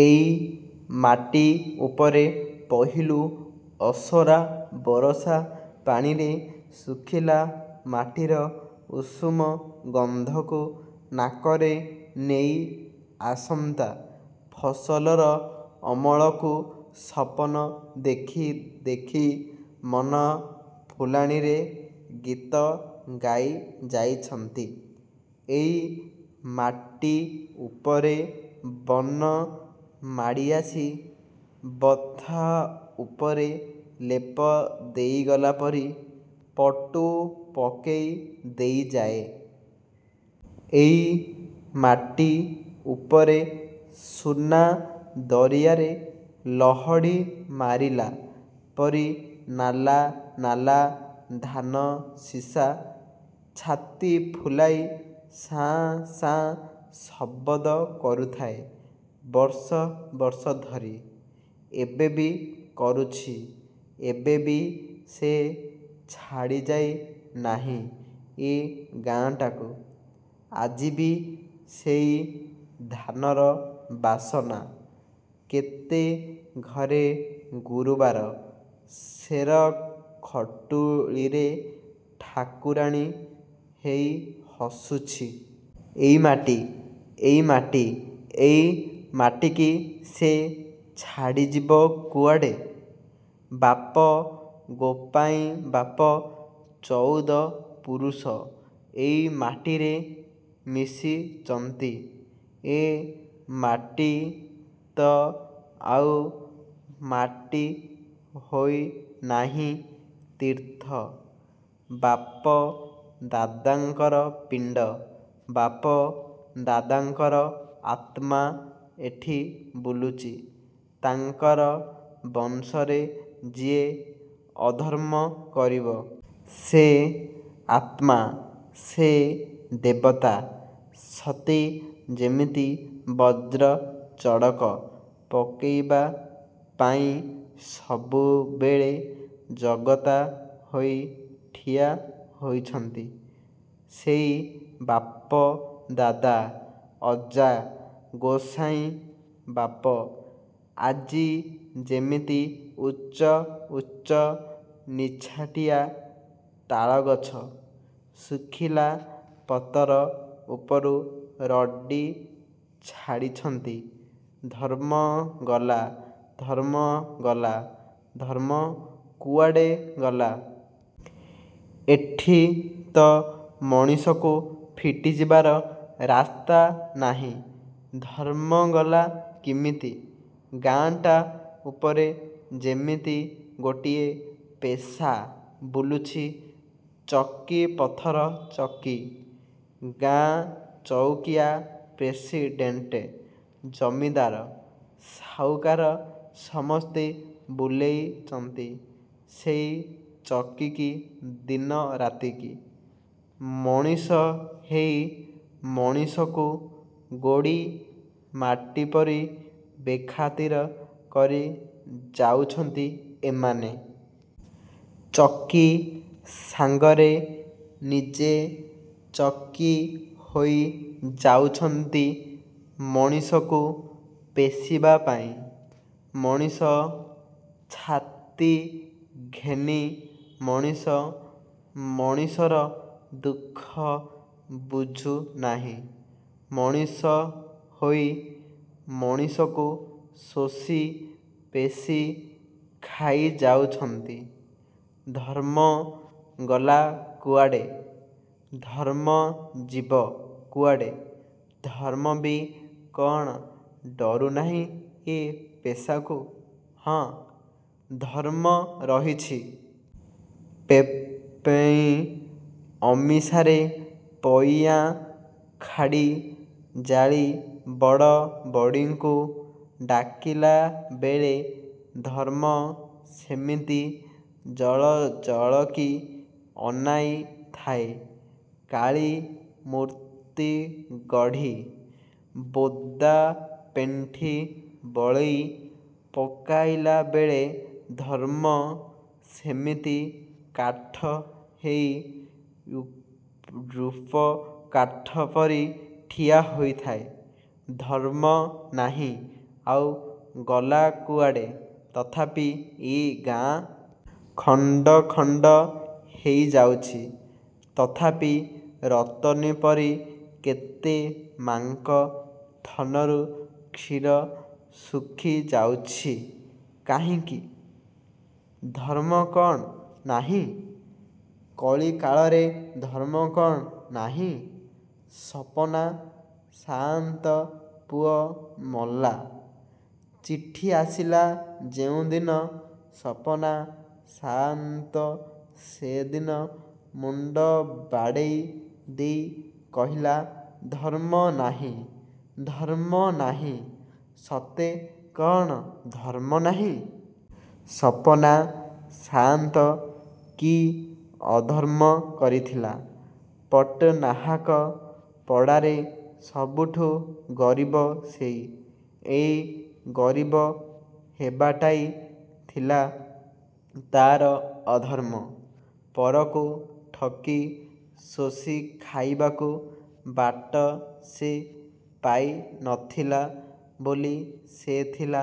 ଏଇ ମାଟି ଉପରେ ପହିଲୁ ଅସରା ବରଷା ପାଣିରେ ଶୁଖିଲା ମାଟିର ଉଷୁମ ଗନ୍ଧକୁ ନାକରେ ନେଇ ଆସନ୍ତା ଫସଲର ଅମଳକୁ ସପନ ଦେଖି ଦେଖି ମନ ଫୁଲାଣିରେ ଗୀତ ଗାଇଯାଇଛନ୍ତି। ଏଇ ମାଟି ଉପରେ ବନ ମାଡ଼ିଆସି ବଥା ଉପରେ ଲେପ ଦେଇଗଲାପରି ପଟୁ ପକେଇ ଦେଇଯାଏ। ଏଇ ମାଟି ଉପରେ ସୁନା ଦରିଆରେ ଲହଡ଼ି ମାରିଲା ପରି ନାଲା ନାଲା ଧାନଶିଷା ଛାତି ଫୁଲାଇ ଶାଁ ଶାଁ ଶବଦ କରୁଥାଏ ବର୍ଷ ବର୍ଷ ଧରି। ଏବେବି କରୁଛି। ଏବେବି ସେ ଛାଡ଼ିଯାଇ ନାହିଁ ଏ ଗାଁଟାକୁ। ଆଜିବି ସେଇ ଧାନର ବାସନା କେତେ ଘରେ ଗୁରୁବାର ସେର ଖଟୁଳିରେ ଠାକୁରାଣୀ ହେଇ ହସୁଛି। ଏଇ ମାଟି ଏଇ ମାଟି ଏଇ ମାଟିକି ସେ ଛାଡ଼ିଯିବ କୁଆଡ଼େ! ବାପ ଗୋପାଇଁବାପ ଚଉଦ ପୁରୁଷ ଏଇମାଟିରେ ମିଶିଚନ୍ତି। ଏ ମାଟି ତ ଆଉ ମାଟି ହୋଇ ନାହିଁ ତୀର୍ଥ। ବାପ ଦାଦାଙ୍କର ପିଣ୍ଡ। ବାପ ଦାଦାଙ୍କର ଆତ୍ମା ଏଠି ବୁଲୁଚି। ତାଙ୍କର ବଂଶରେ ଯିଏ ଅଧର୍ମ କରିବ। ସେ ଆତ୍ମା ସେ ଦେବତା ସତେ ଯେମିତି ବଜ୍ରଚଡ଼କ ପକେଇବା ପାଇଁ ସବୁବେଳେ ଜଗତା ହୋଇ ଠିଆ ହୋଇଛନ୍ତି। ସେଇ ବାପଦାଦା ଅଜା ଗୋସାଇଁବାପ ଆଜି ଯେମିତି ଉଚ୍ଚ ଉଚ୍ଚ ନିଛାଟିଆ ତାଳଗଛ ଶୁଖିଲା ପତର ଉପରୁ ରଡ଼ି ଛାଡ଼ିଛନ୍ତି ଧର୍ମଗଲା ଧର୍ମଗଲା! ଧର୍ମ କୁଆଡ଼େ ଗଲା? ଏଠି ତ ମଣିଷକୁ ଫିଟିଯିବାର ରାସ୍ତା ନାହିଁ ଧର୍ମଗଲା କିମିତି? ଗାଁଟା ଉପରେ ଯେମିତି ଗୋଟିଏ ପେଷା ବୁଲୁଛି ଚକି ପଥର ଚକି। ଗାଁ ଚଉକିଆ ପ୍ରେସିଡ଼େଣ୍ଟ ଜମିଦାର ସାଉକାର ସମସ୍ତେ ବୁଲେଇଚନ୍ତି ସେଇ ଚକିକି ଦିନରାତିକି। ମଣିଷ ହେଇ ମଣିଷକୁ ଗୋଡ଼ି ମାଟିପରି ବେଖାତିର କରି ଯାଉଛନ୍ତି ଏମାନେ। ଚକି ସାଙ୍ଗରେ ନିଜେ ଚକି ହୋଇ ଯାଉଛନ୍ତି ମଣିଷକୁ ପେଷିବାପାଇଁ ମଣିଷ ଛାତି ଘେନି ମଣିଷ ମଣିଷର ଦୁଃଖ ବୁଝୁନାହିଁ। ମଣିଷ ହୋଇ ମଣିଷକୁ ଶୋଷି ପେଷି ଖାଇଯାଉଛନ୍ତି। ଧର୍ମ ଗଲା କୁଆଡ଼େ! ଧର୍ମ ଯିବ କୁଆଡ଼େ। ଧର୍ମବି କ'ଣ ଡରୁନାହିଁ ଏ ପେଷାକୁ? ହଁ ଧର୍ମ ରହିଛି। ପେପେଁଇ ଅମିସାରେ ପଇଆଁ ଖାଡ଼ି ଜାଳି ବଡ଼ ବଡ଼ିଙ୍କୁ ଡାକିଲାବେଳେ ଧର୍ମ ସେମିତି ଜଳଜଳକି ଅନାଇ ଥାଏ। କାଳୀ ମୂର୍ତ୍ତିଗଢ଼ି ବୋଦାପେଣ୍ଠି ବଳେଇ ପକାଇଲାବେଳେ ଧର୍ମ ସେମିତି କାଠ ହେଇ ଯୂପକାଠପରି ଠିଆ ହୋଇଥାଏ। ଧର୍ମ ନାହିଁ ଆଉ ଗଲା କୁଆଡ଼େ? ତଥାପି ଏ ଗାଁ। ଖଣ୍ଡଖଣ୍ଡ ହେଇଯାଉଛି। ତଥାପି ରତନୀପରି କେତେ ମାଙ୍କ ଥନରୁ କ୍ଷୀର ଶୁଖିଯାଉଛି। କାହିଁକି? ଧର୍ମ କ'ଣ ନାହିଁ? କଳିକାଳରେ ଧର୍ମ କ'ଣ ନାହିଁ? ସପନା ସାଆନ୍ତ ପୁଅ ମଲା। ଚିଠି ଆସିଲା ଯେଉଁଦିନ ସପନା ସାଆନ୍ତ ସେଦିନ ମୁଣ୍ଡ ବାଡ଼େଇ ଦେଇ କହିଲା ଧର୍ମନାହିଁ ଧର୍ମ ନାହିଁ ସତେ କ'ଣ ଧର୍ମନାହିଁ? ସପନା ସାଆନ୍ତ କି ଅଧର୍ମ କରିଥିଲା। ପଟ୍ଟନାହାକ ପଡ଼ାରେ ସବୁଠୁ ଗରିବ ସେଇ। ଏଇ ଗରିବ ହେବାଟାଇ ଥିଲା ତା'ର ଅଧର୍ମ। ପରକୁ ଠକି ଶୋଷିଖାଇବାକୁ ବାଟ ସେ ପାଇ ନଥିଲା ବୋଲି ସେ ଥିଲା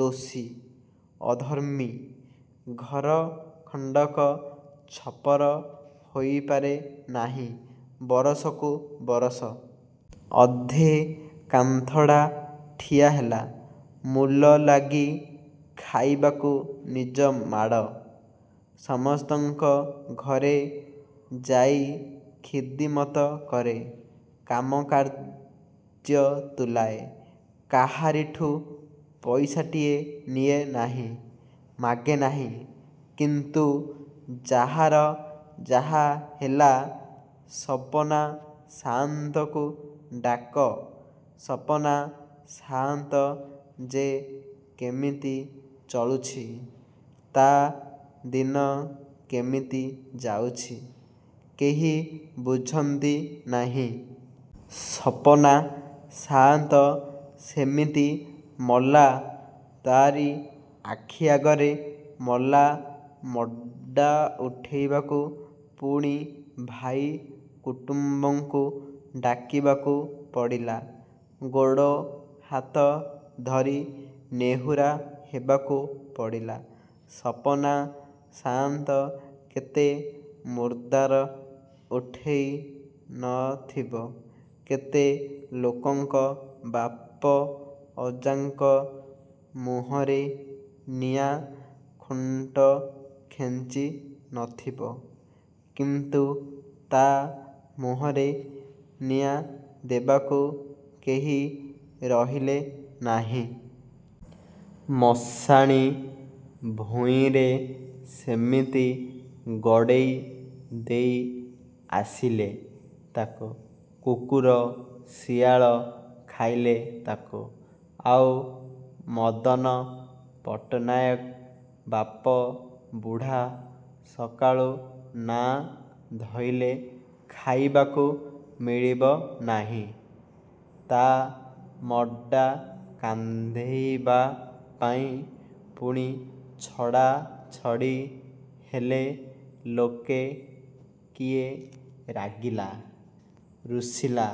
ଦୋଷୀ ଅଧର୍ମୀ। ଘର ଖଣ୍ଡକ ଛପର ହୋଇପାରେ ନାହିଁ ବରଷକୁ ବରଷ। ଅଧେ କାନ୍ଥଡ଼ା ଠିଆହେଲା। ମୂଲଲାଗି ଖାଇବାକୁ ନିଜମାଡ଼। ସମସ୍ତଙ୍କ ଘରେ ଯାଇ ଖିଦିମତ କରେ। କାମ କାର୍ଯ୍ୟ ତୁଲାଏ। କାହାରିଠୁ ପଇସାଟିଏ ନିଏ ନାହିଁ। ମାଗେ ନାହିଁ। କିନ୍ତୁ ଯାହାର ଯାହା ହେଲା ସପନା ସାଆନ୍ତକୁ ଡାକ। ସପନା ସାଆନ୍ତ ଯେ କେମିତି ଚଳୁଛି ତା' ଦିନ କେମିତି ଯାଉଛି କେହି ବୁଝନ୍ତି ନାହିଁ। ସପନା ସାଆନ୍ତ ସେମିତି ମଲା ତା'ରି ଆଖି ଆଗରେ ମଲା। ମଡ଼ା ଉଠେଇବାକୁ ପୁଣି ଭାଇ କୁଟୁମ୍ୱଙ୍କୁ ଡାକିବାକୁ ପଡ଼ିଲା। ଗୋଡ଼ ହାତ ଧରି ନେହୁରା ହେବାକୁ ପଡ଼ିଲା। ସପନା ସାଆନ୍ତ କେତେ ମୁର୍ଦାର ଉଠେଇ ନ ଥିବ କେତେ ଲୋକଙ୍କ ବାପ ଅଜାଙ୍କ ମୁହଁରେ ନିଆଁ ଖୁଣ୍ଟ ଖେଞ୍ଚି ନଥିବ କିନ୍ତୁ ତା ମୁହଁରେ ନିଆଁ ଦେବାକୁ କେହି ରହିଲେ ନାହିଁ। ମଶାଣି ଭୂଇଁରେ ସେମିତି ଗଡ଼େଇ ଦେଇ ଆସିଲେ ତାକୁ। କୁକୁର ଶିଆଳ ଖାଇଲେ ତାକୁ। ଆଉ ମଦନ ପଟ୍ଟନାୟକ ବାପ ବୁଢ଼ା ସକାଳୁ ନାଆଁ ଧଇଲେ ଖାଇବାକୁ ମିଳିବ ନାହିଁ ତା' ମଡ଼ା କାନ୍ଧେଇବା ପାଇଁ ପୁଣି ଛଡ଼ାଛଡ଼ି ହେଲେ ଲୋକେ। କିଏ ରାଗିଲା ରୁଷିଲା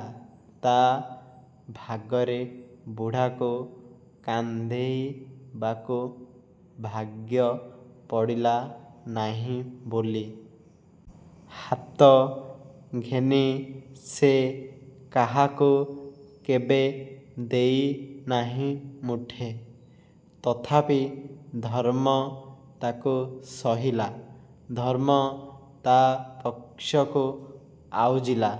ତା' ଭାଗରେ ବୁଢ଼ାକୁ କାନ୍ଧେଇବାକୁ ଭାଗ୍ୟ ପଡ଼ିଲା ନାହିଁ ବୋଲି। ହାତ ଘେନି ସେ କାହାକୁ କେବେ ଦେଇ ନାହିଁ ମୁଠେ ତଥାପି ଧର୍ମ ତାକୁ ସହିଲା। ଧର୍ମ ତା' ପକ୍ଷକୁ ଆଉଜିଲା।